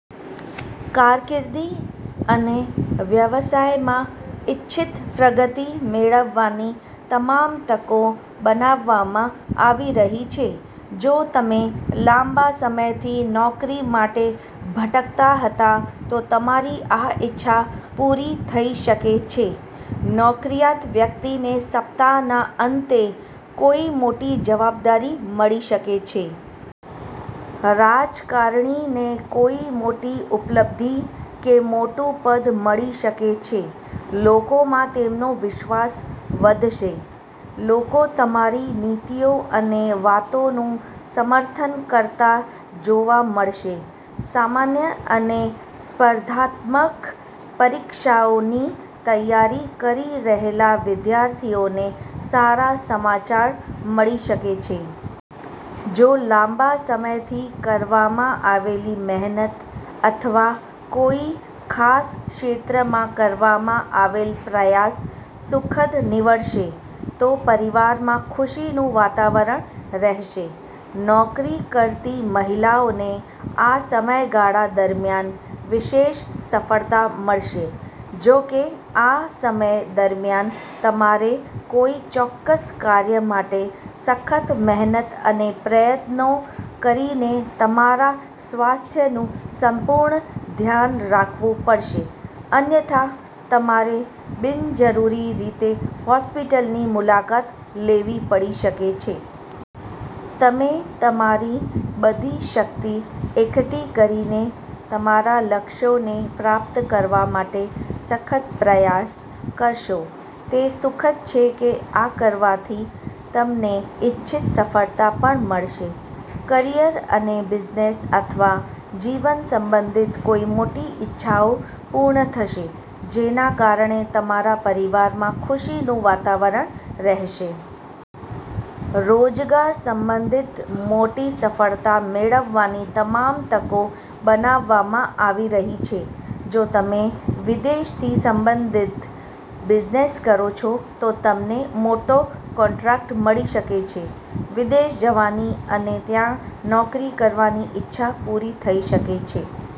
કારકિર્દી અને વ્યવસાયમાં ઇચ્છિત પ્રગતિ મેળવવાની તમામ તકો બનાવવામાં આવી રહી છે. જો તમે લાંબા સમયથી નોકરી માટે ભટકતા હતા, તો તમારી આ ઈચ્છા પૂરી થઈ શકે છે. નોકરીયાત વ્યક્તિને સપ્તાહના અંતે કોઈ મોટી જવાબદારી મળી શકે છે. રાજકારણીને કોઈ મોટી ઉપલબ્ધિ કે મોટું પદ મળી શકે છે. લોકોમાં તેમનો વિશ્વાસ વધશે. લોકો તમારી નીતિઓ અને વાતોનું સમર્થન કરતા જોવા મળશે. સામાન્ય અને સ્પર્ધાત્મક પરીક્ષાઓની તૈયારી કરી રહેલા વિદ્યાર્થીઓને સારા સમાચાર મળી શકે છે. જો લાંબા સમયથી કરવામાં આવેલી મહેનત અથવા કોઈ ખાસ ક્ષેત્રમાં કરવામાં આવેલ પ્રયાસ સુખદ નીવડશે તો પરિવારમાં ખુશીનું વાતાવરણ રહેશે. નોકરી કરતી મહિલાઓને આ સમયગાળા દરમિયાન વિશેષ સફળતા મળશે. જો કે, આ સમય દરમિયાન તમારે કોઈ ચોક્કસ કાર્ય માટે સખત મહેનત અને પ્રયત્નો કરીને તમારા સ્વાસ્થ્યનું સંપૂર્ણ ધ્યાન રાખવું પડશે, અન્યથા તમારે બિનજરૂરી રીતે હોસ્પિટલની મુલાકાત લેવી પડી શકે છે. તમે તમારી બધી શક્તિ એકઠી કરીને તમારા લક્ષ્યોને પ્રાપ્ત કરવા માટે સખત પ્રયાસ કરશો. તે સુખદ છે કે આ કરવાથી તમને ઇચ્છિત સફળતા પણ મળશે. કરિયર અને બિઝનેસ અથવા જીવન સંબંધિત કોઈ મોટી ઈચ્છાઓ પૂર્ણ થશે, જેના કારણે તમારા પરિવારમાં ખુશીનું વાતાવરણ રહેશે. રોજગાર સંબંધિત મોટી સફળતા મેળવવાની તમામ તકો બનાવવામાં આવી રહી છે. જો તમે વિદેશથી સંબંધિત બિઝનેસ કરો છો, તો તમને મોટો કોન્ટ્રાક્ટ મળી શકે છે. વિદેશ જવાની અને ત્યાં નોકરી કરવાની ઈચ્છા પૂરી થઈ શકે છે.